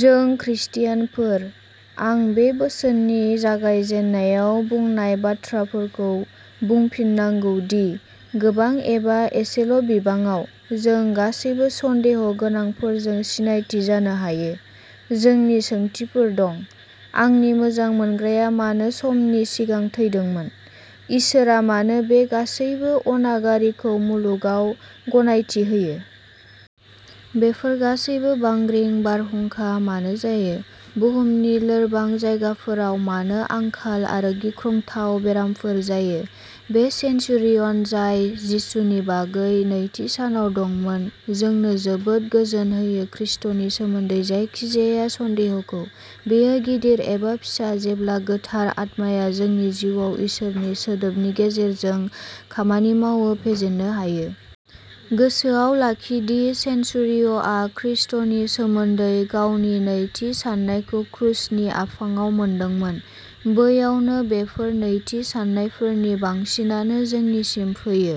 जों ख्रिस्टियानफोर, आं बे बोसोननि जागायजेननायाव बुंनाय बाथ्राफोरखौ बुंफिननांगौ दि, गोबां एबा एसेल'बिबाङाव, जों गासैबो सन्देह' गोनांफोरजों सिनायथि जानो हायो। जोंनि सोंथिफोर दं। आंनि मोजां मोनग्राया मानो समनि सिगां थैदोंमोन? इसोरआ मानो बे गासैबो अनागारिखौ मुलुगाव गनायथि होयो? बेफोर गासैबो बांग्रिं, बारहुंखा मानो जायो? बुहुमनि लोरबां जायगाफोराव मानो आंखाल आरो गिख्रंथाव बेरामफोर जायो? बे सेनचुरियन, जाय जिसुनि बागै नैथि साननाय दंमोन, जोंनो जोबोद गोजोन होयो ख्रिस्ट’नि सोमोन्दै जायखिजाया सन्देह'खौ, बेयो गिदिर एबा फिसा जेब्ला गोथार आत्माया जोंनि जिउआव इसोरनि सोदोबनि गेजेरजों खामानि मावो, फेजेननो हायो। गोसोआव लाखि दि सेनचुरियआ ख्रिस्टनि सोमोन्दै गावनि नैथि साननायखौ क्रुसनि आफाङाव मोनदोंमोन। बैयावनो बेफोर नैथि साननायफोरनि बांसिनानो जोंनिसिम फैयो।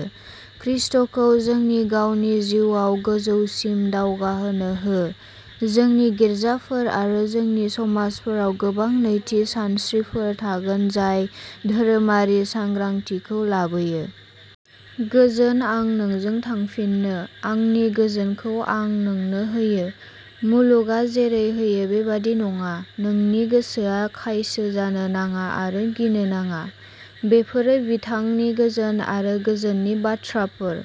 ख्रिस्ट’खौ जोंनि गावनि जिउआव, गोजौसिम दावगाहोनो हो। जोंनि गिरजाफोर आरो जोंनि समाजफोराव गोबां नैथि सानस्रिफोर थागोन जाय धोरोमारि सांग्रांथिखौ लाबोयो। "गोजोन आं नोंजों थांफिनो, आंनि गोजोनखौ आं नोंनो होयो। मुलुगआ जेरै होयो बेबादि नङा। नोंनि गोसोआ खायसो जानो नाङा आरो गिनो नाङा"। बेफोरो बिथांनि गोजोन आरो गोजोननि बाथ्राफोर।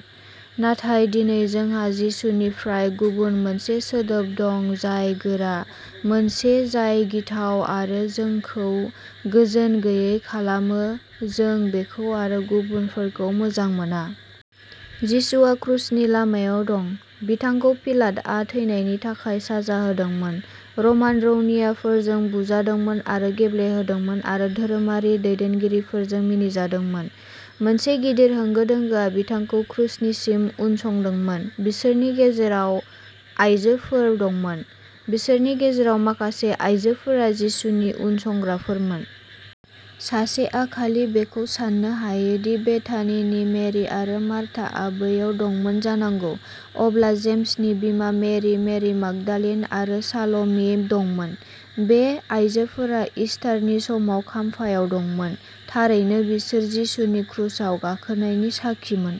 नाथाय दिनै जोंहा जिसुनिफ्राय गुबुन मोनसे सोदोब दं जाय गोरा, मोनसे जाय गिथाव आरो जोंखौ गोजोन गैयै खालामो जों बेखौ आरो गुबुनफोरखौ मोजां मोना। जिसुआ क्रुसनि लामायाव दं। बिथांखौ पिलाटआ थैनायनि थाखाय साजा होदोंमोन, रमान रौनियाफोरजों बुजादोंमोन आरो गेब्ले होदोंमोन, आरो धोरोमारि दैदेनगिरिफोरजों मिनिजादोंमोन। मोनसे गिदिर होंगो दोंगोआ बिथांखौ क्रुसनिसिम उनसंदोंमोन। बिसोरनि गेजेराव आयजोफोर दंमोन। बिसोरनि गेजेराव माखासे आयजोफोरा जिसुनि उनसंग्राफोरमोन। सासेआ खालि बेखौ साननो हायो दि बेथानिनि मेरि आरो मार्थाआ बैयाव दंमोन जानांगौ। अब्ला जेम्सनि बिमा मेरि, मेरि मागदालिन आरो साल'मि दंमोन। बे आइजोफोरा इस्टारनि समाव खाम्फायाव दंमोन। थारैनो बिसोर जिसुनि क्रुसाव गाखोनायनि साखिमोन।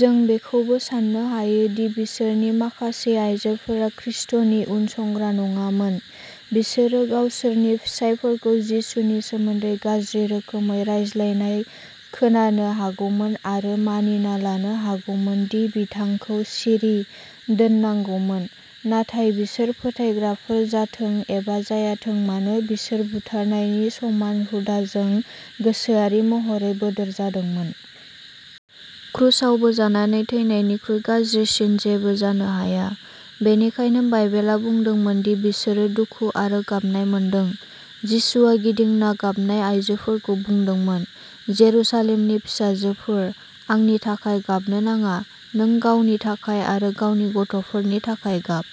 जों बेखौबो साननो हायो दि बिसोरनि माखासे आइजोफोरा ख्रिस्ट’नि उनसंग्रा नङामोन। बिसोरो गावसोरनि फिसायफोरखौ जिसुनि सोमोन्दै गाज्रि रोखोमै रायज्लायनाय खोनानो हागौमोन, आरो मानिना लानो हागौमोन दि बिथांखौ सिरि दोननांगौमोन। नाथाय बिसोर फोथायग्राफोर जाथों एबा जायाथों मानो, बिसोर बुथारनायनि समान हुदाजों गोसोआरि महरै बोदोर जादोंमोन। क्रुसाव बोजानानै थैनायनिख्रुइ गाज्रिसिन जेबो जानो हाया, बेनिखायनो बाइबेला बुंदोंमोन दि बिसोरो दुखु आरो गाबनाय मोनदों। जिसुआ गिदिंना गाबनाय आयजोफोरखौ बुंदोंमोन, "जेरुसालेमनि फिसाजोफोर, आंनि थाखाय गाबनो नाङा; नों गावनि थाखाय आरो गावनि गथ'फोरनि थाखाय गाब।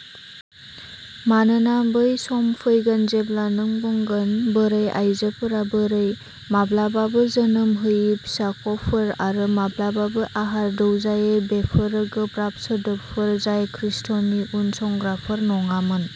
मानोना बै सम फैगोन जेब्ला नों बुंगोन, बोरै आयजोफोरा बोरै, माब्लाबाबो जोनोम होयि फिसाख'फोर आरो माब्लाबाबो आहार दौजायै बेफोरो गोब्राब सोदोबफोर जाय ख्रिस्ट’नि उनसंग्राफोर नङामोन।